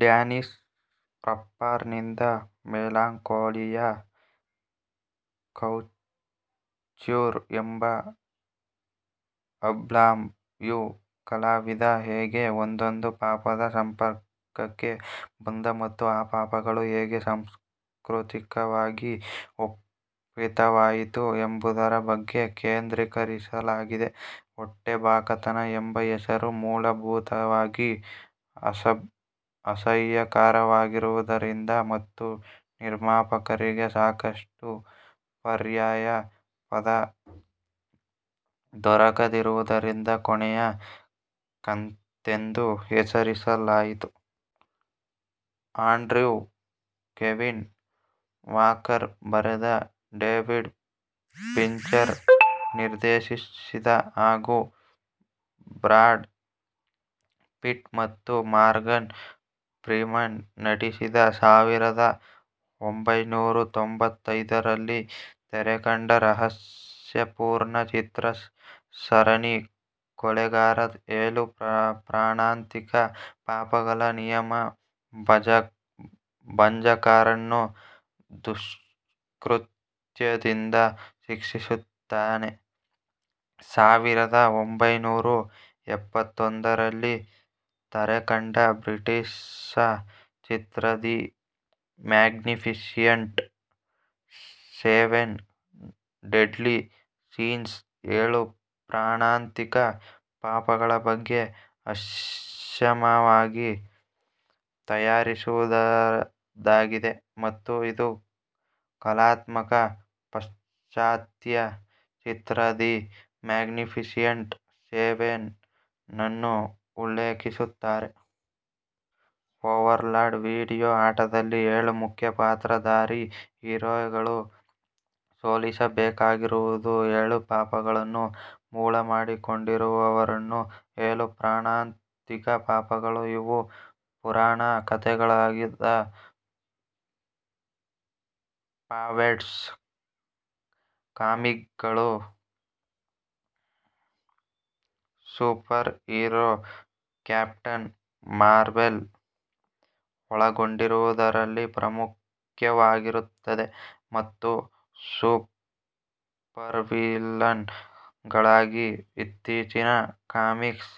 Danish rapper ನಿಂದ Melancholia / couture ಎಂಬ album... ಯು ಕಲಾವಿದ ಹೇಗೆ ಒಂದೊಂದು ಪಾಪದ ಸಂಪರ್ಕಕ್ಕೆ ಬಂದ ಮತ್ತು ಆ ಪಾಪಗಳು ಹೇಗೆ ಸಾಂಸ್ಕ್ರತಿಕವಾಗಿ ಒಪ್ಪಿತವಾಯಿತು ಎಂಬುದರ ಬಗ್ಗೆ ಕೇಂದ್ರೀಕರಿಸಲಾಗಿದೆ. ಹೊಟ್ಟೆಬಾಕತನ ಎಂಬ ಹೆಸರು ಮೂಲಭೂತವಾಗಿ ಅಸಹ್ಯಕರವಾಗಿರುವುದರಿಂದ ಮತ್ತು ನಿರ್ಮಾಪಕರಿಗೆ ಸಾಕಷ್ಟು ಪರ್ಯಾಯ ಪದ ದೊರಕದಿರುವುದರಿಂದ ಕೊನೆಯ ಕಂತೆಂದು ಹೆಸರಿಸಲಾಯಿತು. ಆಂಡ್ರಿವ್ ಕೆವಿನ್ ವಾಕರ್ ಬರೆದ, ಡೇವಿಡ್ ಫಿಂಚರ್ ನಿರ್ದೇಶಿಸಿದ ಹಾಗೂ ಬ್ರಾಡ್ ಪಿಟ್ ಮತ್ತು ಮಾರ್ಗನ್ ಫ್ರೀಮನ್ ನಟಿಸಿದ, ಸಾವಿರದ ಒಂಭೈನೂರ ತೊಂಬತ್ತೈದರಲ್ಲಿ ತೆರೆಕಂಡ ರಹಸ್ಯಪೂರ್ಣ ಚಿತ್ರ ಸರಣಿ ಕೊಲೆಗಾರ ಏಳು ಪ್ರಾಣಾಂತಿಕ ಪಾಪಗಳ ನಿಯಮ ಭಂಜಕರನ್ನು ದುಷ್ಕೃತ್ಯದಿಂದ ಶಿಕ್ಷಿಸುತ್ತಾನೆ. ಸಾವಿರದ ಒಂಭೈನೂರ ಎಪ್ಪತ್ತೊಂದರಲ್ಲಿ ತೆರೆಕಂಡ ಬ್ರಿಟಿಷ ಚಿತ್ರ the magnificent seven deadly sins ಏಳು ಪ್ರಾಣಾಂತಿಕ ಪಾಪಗಳ ಬಗ್ಗೆ ಹಾಸ್ಯಮಯವಾಗಿ ತಯಾರಿಸಿರುವುದಾಗಿದೆ ಮತ್ತು ಇದು ಕಲಾತ್ಮಕ ಪಾಶ್ಚಾತ್ಯ ಚಿತ್ರ ದಿ ಮ್ಯಾಗ್ನೀಫಿಷಿಯಂಟ್ ಸೆವೆನ್ ನನ್ನು ಉಲ್ಲೇಖಿಸುತ್ತದೆ. ಓವರ್ಲಾರ್ಡ್ ವೀಡಿಯೋ ಆಟದಲ್ಲಿ, ಏಳು ಮುಖ್ಯಪಾತ್ರದಾರಿ ಹೀರೋಗಳು ಸೋಲಿಸಬೇಕಾಗಿರುವುದು ಏಳು ಪಾಪಗಳನ್ನು ಮೂಲ ಮಾಡಿಕೊಂಡಿರುವವರನ್ನ. ಏಳು ಪ್ರಾಣಾಂತಿಕ ಪಾಪಗಳು, ಇವು ಪುರಾಣ ಕಥೆಗಳಾದ ಫಾವ್ಸೆಟ್/ ಕಾಮಿಕ್ಗಳು ಸೂಪರ್ಹೀರೋ ಕ್ಯಾಪ್ಟನ್ ಮಾರ್ವೆಲ್ ಒಳಗೊಂಡಿರುವುದರಲ್ಲಿ ಪ್ರಾಮುಖ್ಯವಾಗಿರುತ್ತದೆ ಮತ್ತು ಸೂಪರ್ವಿಲ್ಲನ್ ಗಳಾಗಿ ಇತ್ತೀಚಿನ ಕಾಮಿಕ್ಸ್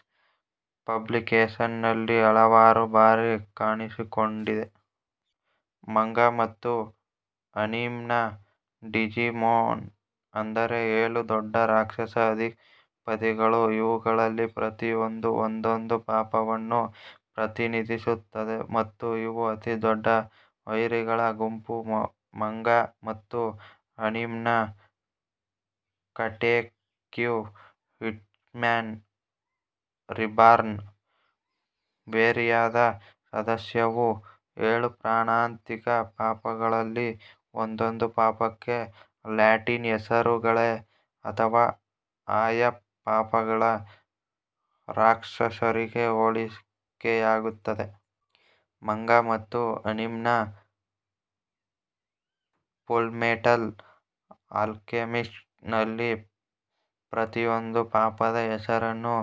ಪಬ್ಲಿಕೇಷನ್ಸ್ ನಲ್ಲಿ ಹಲವಾರು ಬಾರಿ ಕಾಣಿಸಿಕೊಂಡಿದೆ. ಮಂಗಾ ಮತ್ತು ಅನೀಮ್ನ ಡಿಜಿಮೊನ್ ಅಂದರೆ ಏಳು ದೊಡ್ಡ ರಾಕ್ಷಸ ಅಧಿಪತಿಗಳು, ಇವುಗಳಲ್ಲಿ ಪ್ರತಿಯೊಂದೂ ಒಂದೊಂದು ಪಾಪವನ್ನು ಪ್ರತಿನಿಧಿಸುತ್ತದೆ, ಮತ್ತು ಇವು ಅತಿ ದೊಡ್ಡ ವೈರಿಗಳ ಗುಂಪು. ಮಂಗಾ ಮತ್ತು ಅನೀಮ್ನ ಕಟೇಕ್ಯೋ ಹಿಟ್ಮ್ಯಾನ್ ರೀಬಾರ್ನ್, ವೇರಿಯಾದ ಸದಸ್ಯವು, ಏಳು ಪ್ರಾಣಾಂತಿಕ ಪಾಪಗಳಲ್ಲಿ ಒಂದೊಂದು ಪಾಪಕ್ಕೆ, ಲ್ಯಾಟಿನ್ ಹೆಸರುಗಳಿಗೆ ಅಥವಾ ಆಯಾ ಪಾಪಗಳ ರಾಕ್ಷಸರಿಗೆ ಹೋಲಿಕೆಯಾಗುತ್ತದೆ. ಮಂಗಾ ಮತ್ತು ಅನೀಮ್ನ ಫುಲ್ಮೆಟಲ್ ಆಲ್ಕೆಮಿಸ್ಟ್ ನಲ್ಲಿ ಪ್ರತಿಯೊಂದು ಪಾಪದ ಹೆಸರನ್ನು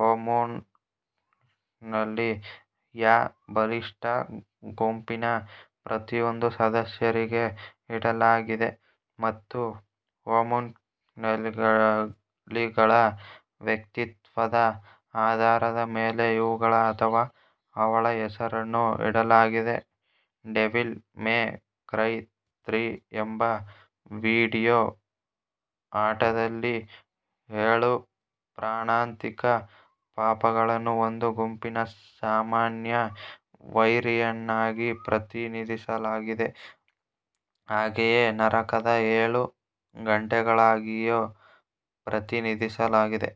"ಹೋಮೂನ್ಕೂಲಿ" ಯ ಬಲಿಷ್ಟ ಗುಂಪಿನ ಪ್ರತಿಯೊಂದು ಸದಸ್ಯರಿಗೆ ಇಡಲಾಗಿದೆ ಮತ್ತು ಹೋಮೂನ್ಕೂಲಿಗಳ ವ್ಯಕ್ತಿತ್ವದ ಆಧಾರದ ಮೇಲೆ ಅವನ ಅಥವಾ ಅವಳ ಹೆಸರನ್ನು ಇಡಲಾಗಿದೆ. ದೆವಿಲ್ ಮೇ ಕ್ರೈ ತ್ರೀ ಎಂಬ ವೀಡಿಯೋ ಆಟದಲ್ಲಿ, ಏಳು ಪ್ರಾಣಾಂತಿಕ ಪಾಪಗಳನ್ನು ಒಂದು ಗುಂಪಿನ ಸಾಮಾನ್ಯ ವೈರಿಯನ್ನಾಗಿ ಪ್ರತಿನಿಧಿಸಲಾಗಿದೆ ಹಾಗೆಯೇ ನರಕದ ಏಳು ಘಂಟೆಗಳಾಗಿಯೂ ಪ್ರತಿನಿಧಿಸಲಾಗಿದೆ.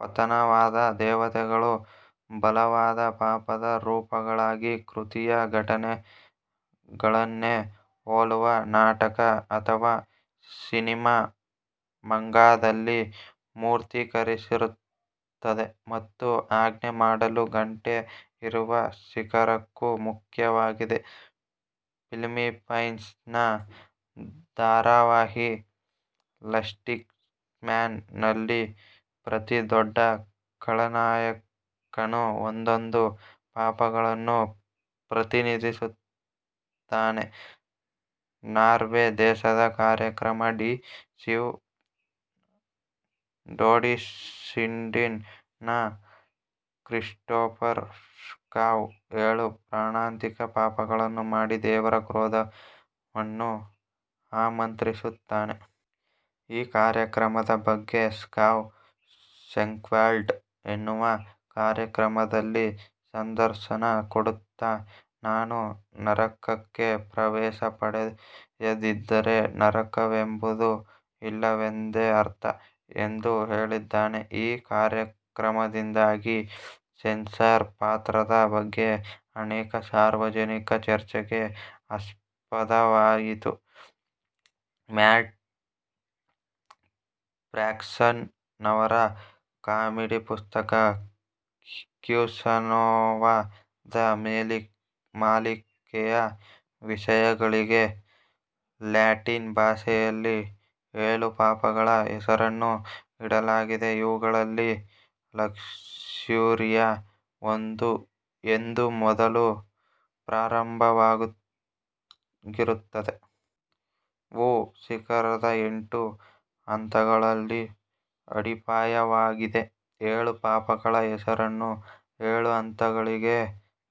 ಪತನವಾದ ದೇವತೆಗಳು ಬಲವಾದ ಪಾಪದ ರೂಪಗಳಾಗಿ ಕೃತಿಯ ಘಟನೆಗಳನ್ನೇ ಹೋಲುವ ನಾಟಕ ಅಥವಾ ಸಿನಿಮಾ ಮಂಗಾದಲ್ಲಿ ಮೂರ್ತಿಕರಿಸಿರುತ್ತದೆ ಮತ್ತು ಆಜ್ಞೆ ಮಾಡಲು ಘಂಟೆ ಇರುವ ಶಿಖರಕ್ಕೂ ಮುಖ್ಯವಾಗಿದೆ. ಫಿಲ್ಲೀಪೈನ್ಸ್ ನ ಧಾರಾವಾಹಿ ಲಸ್ಟಿಕ್ಮ್ಯಾನ್ ನಲ್ಲಿ ಪ್ರತಿ ದೊಡ್ಡ ಖಳನಾಯಕನೂ ಒಂದೊಂದು ಪಾಪಗಳನ್ನು ಪ್ರತಿನಿಧಿಸುತ್ತಾನೆ. ನಾರ್ವೇ ದೇಶದ ಕಾರ್ಯಕ್ರಮ ಡಿ ಸಿವ್ ಡೋಡಿಸಿಂಡೀನ್ ನ ಕ್ರಿಸ್ಟೋಫರ್ ಸ್ಕಾವ್ ಏಳು ಪ್ರಾಣಾಂತಿಕ ಪಾಪಗಳನ್ನು ಮಾಡಿ ದೇವರ ಕ್ರೋಧವನ್ನು ಆಮಂತ್ರಿಸಿಸುತ್ತಾನೆ. ಈ ಕಾರ್ಯಕ್ರಮದ ಬಗ್ಗೆ ಸ್ಕಾವ್, ಸೆಂಕ್ವೆಲ್ಡ್ ಎನ್ನುವ ಕಾರ್ಯಕ್ರಮದಲ್ಲಿ ಸಂದರ್ಶನ ಕೊಡುತ್ತ, "ನಾನು ನರಕಕ್ಕೆ ಪ್ರವೇಶ ಪಡೆಯದಿದ್ದರೆ ನರಕವೆಂಬುದು ಇಲ್ಲವೆಂದೇ ಅರ್ಥ" ಎಂದು ಹೇಳಿದ್ದಾನೆ. ಈ ಕಾರ್ಯಕ್ರಮದಿಂದಾಗಿ ಸೆನ್ಸಾರ್ ಪಾತ್ರದ ಬಗ್ಗೆ ಅನೇಕ ಸಾರ್ವಜನಿಕ ಚರ್ಚೆಗೆ ಆಸ್ಪದವಾಯಿತು. ಮ್ಯಾಟ್ ಫ್ರ್ಯಾಕ್ಷನ್ ನವರ ಕಾಮಿಕ್ ಪುಸ್ತಕ ಕ್ಯಾಸನೋವ ದ ಮಾಲಿಕೆಯ ವಿಷಯಗಳಿಗೆ ಲ್ಯಾಟಿನ್ ಭಾಷೆಯಲ್ಲಿ ಏಳು ಪಾಪಗಳ ಹೆಸರನ್ನು ಇಡಲಾಗಿದೆ ಅವುಗಳಲ್ಲಿ ಲಕ್ಸ್ಯೂರಿಯಾ ಎಂದು ಮೊದಲು ಪ್ರಾರಂಭವಾಗಿರುತ್ತದೆ.: ವೂ ಶಿಖರದ ಎಂಟು ಹಂತಗಳಲ್ಲಿ ಅಡಿಪಾಯವಾಗಿದೆ, ಏಳು ಪಾಪಗಳ ಹೆಸರನ್ನು ಏಳು ಹಂತಗಳಿಗೆ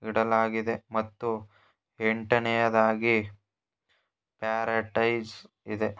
ಇಡಲಾಗಿದೆ ಮತ್ತು ಎಂಟನೆಯದಾಗಿ ಪ್ಯಾರಡೈಸ್ ಇದೆ.